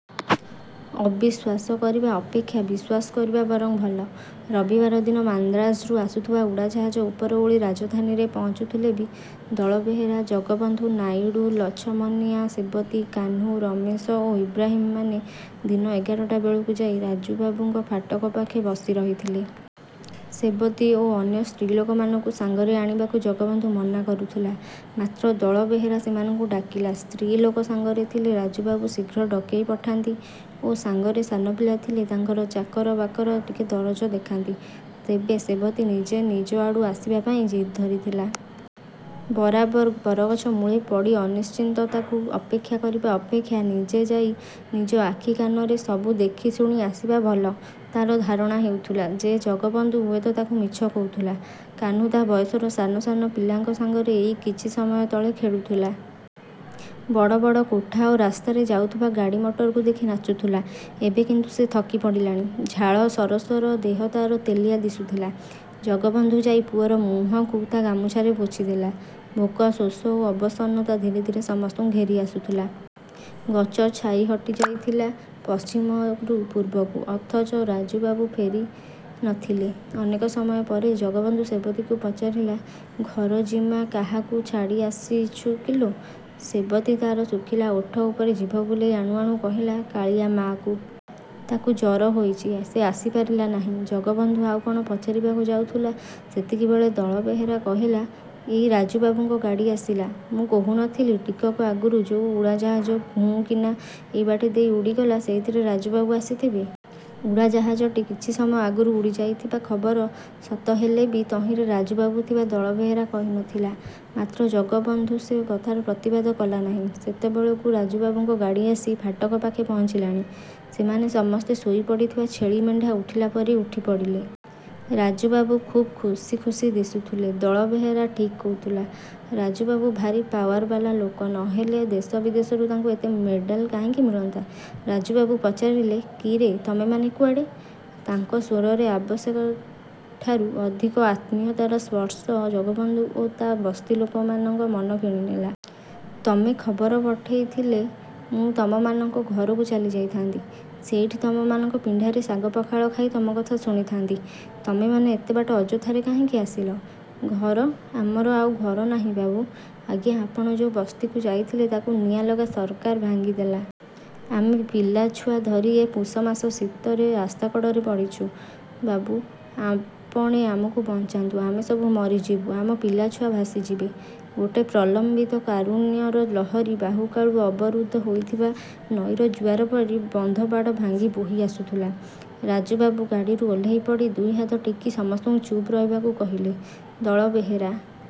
ଅବିଶ୍ୱାସ କରିବା ଅପେକ୍ଷା ବିଶ୍ୱାସ କରିବା ବରଂ ଭଲ। ରବିବାର ଦିନ ମାନ୍ଦ୍ରାଜରୁ ଆସୁଥିବା ଉଡ଼ାଜାହାଜ ଉପର ଓଳି ରାଜଧାନୀରେ ପହଞ୍ଚୁଥିଲେ ବି ଦଳବେହେରା, ଜଗବନ୍ଧୁ, ନାଇଡୁ, ଲଛମନିଆ, ସେବତୀ, କାହ୍ନୁ, ରମେଶ ଓ ଇବ୍ରାହିମ ମାନେ ଦିନ ଏଗାରଟା ବେଳକୁ ଯାଇ ରାଜୁବାବୁଙ୍କ ଫାଟକ ପାଖେ ବସି ରହିଥିଲେ। ସେବତୀ ଓ ଅନ୍ୟ ସ୍ତ୍ରୀଲୋକମାନଙ୍କୁ ସାଙ୍ଗରେ ଆଣିବାକୁ ଜଗବନ୍ଧୁ ମନା କରୁଥିଲା। ମାତ୍ର ଦଳବେହେରା ସେମାନଙ୍କୁ ଡାକିଲା। ସ୍ତ୍ରୀଲୋକ ସାଙ୍ଗରେ ଥିଲେ ରାଜୁବାବୁ ଶୀଘ୍ର ଡକେଇ ପଠାନ୍ତି ଓ ସାଙ୍ଗରେ ସାନପିଲା ଥିଲେ ତାଙ୍କର ଚାକର ବାକର ଟିକେ ଦରଚ ଦେଖାନ୍ତି। ତେବେ ସେବତୀ ନିଜେ ନିଜ ଆଡ଼ୁ ଆସିବା ପାଇଁ ଜିଦ୍ ଧରିଥିଲା। ବରାବର ବରଗଛ ମୂଳେ ପଡ଼ି ଅନିଶ୍ଚିତତାକୁ ଅପେକ୍ଷା କରିବା ଅପେକ୍ଷା ନିଜେ ଯାଇ ନିଜ ଆଖିକାନରେ ସବୁ ଦେଖି ଶୁଣି ଆସିବା ଭଲ। ତାର ଧାରଣା ହେଉଥିଲା ଯେ ଜଗବନ୍ଧୁ ହୁଏତ ତାକୁ ମିଛ କହୁଥିଲା। କାହ୍ନୁ ତା ବୟସର ସାନ ସାନ ପିଲାଙ୍କ ସାଙ୍ଗରେ ଏଇ କିଛି ସମୟ ତଳେ ଖେଳୁଥିଲା। ବଡ଼ ବଡ଼ କୋଠା ଓ ରାସ୍ତାରେ ଯାଉଥିବା ଗାଡ଼ିମଟରକୁ ଦେଖି ନାଚୁଥିଲା। ଏବେ କିନ୍ତୁ ସେ ଥକିପଡ଼ିଲାଣି। ଝାଳ ସରସର ଦେହ ତାର ତେଲିଆ ଦିଶୁଥିଲା। ଜଗବନ୍ଧୁ ଯାଇ ପୁଅର ମୁହଁକୁ ତା ଗାମୁଛାରେ ପୋଛିଦେଲା। ଭୋକ, ଶୋଷ ଓ ଅବସନ୍ନତା ଧୀରେ ଧୀରେ ସମସ୍ତଙ୍କୁ ଘେରି ଆସୁଥିଲା। ଗଛ ଛାଇ ହଟିଯାଇଥିଲା ପଶ୍ଚିମରୁ ପୂର୍ବକୁ। ଅଥଚ ରାଜୁବାବୁ ଫେରୁ ନଥିଲେ। ଅନେକ ସମୟ ପରେ ଜଗବନ୍ଧୁ ସେବତୀକୁ ପଚାରିଲା, "ଘର ଜିମା କାହାକୁ ଛାଡ଼ି ଆସିଛୁ କିଲୋ!" ସେବତୀ ତାର ଶୁଖିଲା ଓଠ ଉପରେ ଜିଭ ବୁଲେଇ ଆଣୁ ଆଣୁ କହିଲା, "କାଳିଆ ମାଆକୁ। ତାକୁ ଜର ହୋଇଛି। ସେ ଆସିପାରିଲା ନାହିଁ।" ଜଗବନ୍ଧୁ ଆଉ କଣ ପଚାରିବାକୁ ଯାଉଥିଲା ସେତିକିବେଳେ ଦଳବେହେରା କହିଲା, "ଏଇ ରାଜୁବାବୁଙ୍କ ଗାଡ଼ି ଆସିଲା। ମୁଁ କହୁ ନ ଥିଲି, ଟିକକ ଆଗରୁ ଯୋଉ ଉଡ଼ାଜାହାଜ ଘୁଁ କିନା ଏଇବାଟେ ଦେଇ ଉଡ଼ିଗଲା ସେଇଥିରେ ରାଜୁବାବୁ ଆସିଥିବେ।" ଉଡ଼ାଜାହାଜଟି କିଛି ସମୟ ଆଗରୁ ଉଡ଼ିଯାଇଥିବା ଖବର ସତ ହେଲେ ବି ତହିଁରେ ରାଜୁବାବୁ ଥିବା ଦଳବେହେରା କହି ନଥିଲା। ମାତ୍ର ଜଗବନ୍ଧୁ ସେ କଥାର ପ୍ରତିବାଦ କଲା ନାହିଁ। ସେତେବେଳକୁ ରାଜୁବାବୁଙ୍କ ଗାଡ଼ି ଆସି ଫାଟକ ପାଖେ ପହଞ୍ଚିଲାଣି। ସେମାନେ ସମସ୍ତେ ଶୋଇପଡ଼ିଥିବା ଛେଳି ମେଣ୍ଢା ଉଠିଲା ପରି ଉଠିପଡ଼ିଲେ। ରାଜୁବାବୁ ଖୁବ୍ ଖୁସି ଖୁସି ଦିଶୁଥିଲେ। ଦଳବେହେରା ଠିକ୍ କହୁଥିଲା, ରାଜୁବାବୁ ଭାରି ପାୱାର ବାଲା ଲୋକ ନ ହେଲେ ଦେଶ ବିଦେଶରୁ ତାଙ୍କୁ ଏତେ ମେଡାଲ କାହିଁକି ମିଳନ୍ତା? ରାଜୁବାବୁ ପଚାରିଲେ, "କିରେ ତମେମାନେ କୁଆଡ଼େ?" ତାଙ୍କ ସ୍ୱରରେ ଆବଶ୍ୟକଠାରୁ ଅଧିକ ଆତ୍ମୀୟତାର ସ୍ପର୍ଶ ଜଗବନ୍ଧୁ ଓ ତା ବସ୍ତି ଲୋକମାନଙ୍କ ମନ କିଣିନେଲା। "ତମେ ଖବର ପଠେଇଥିଲେ ମୁଁ ତମମାନଙ୍କ ଘରକୁ ଚାଲିଯାଇଥାଆନ୍ତି। ସେଇଠି ତମମାନଙ୍କ ପିଣ୍ଡାରେ ଶାଗପଖାଳ ଖାଇ ତମ କଥା ଶୁଣିଥାଆନ୍ତି। ତମେମାନେ ଏତେବାଟ ଅଯଥାରେ କାହିଁକି ଆସିଲ?" "ଘର? ଆମର ଆଉ ଘର ନାହିଁ ବାବୁ। ଆଜ୍ଞା ଆପଣ ଯୋଉ ବସ୍ତିକୁ ଯାଇଥିଲେ ତାକୁ ନିଆଁଲଗା ସରକାର ଭାଙ୍ଗିଦେଲା। ଆମେ ପିଲାଛୁଆ ଧରି ଏ ପୁଷମାସ ଶୀତରେ ରାସ୍ତାକଡ଼ରେ ପଡ଼ିଛୁ। ବାବୁ! ଆପଣେ ଆମକୁ ବଞ୍ଚାନ୍ତୁ, ଆମେ ସବୁ ମରିଯିବୁ, ଆମ ପିଲାଛୁଆ ଭାସିଯିବେ।" ଗୋଟେ ପ୍ରଲମ୍ବିତ କାରୁଣ୍ୟର ଲହରୀ ବହୁକାଳୁ ଅବରୁଦ୍ଧ ହୋଇଥିବା ନଈର ଜୁଆର ପରି ବନ୍ଧବାଡ଼ ଭାଙ୍ଗି ବୋହି ଆସୁଥିଲା। ରାଜୁବାବୁ ଗାଡ଼ିରୁ ଓହ୍ଲେଇପଡ଼ି, ଦୁଇହାତ ଟେକି ସମସ୍ତଙ୍କୁ ଚୁପ୍ ରହିବାକୁ କହିଲେ। ଦଳବେହେରା।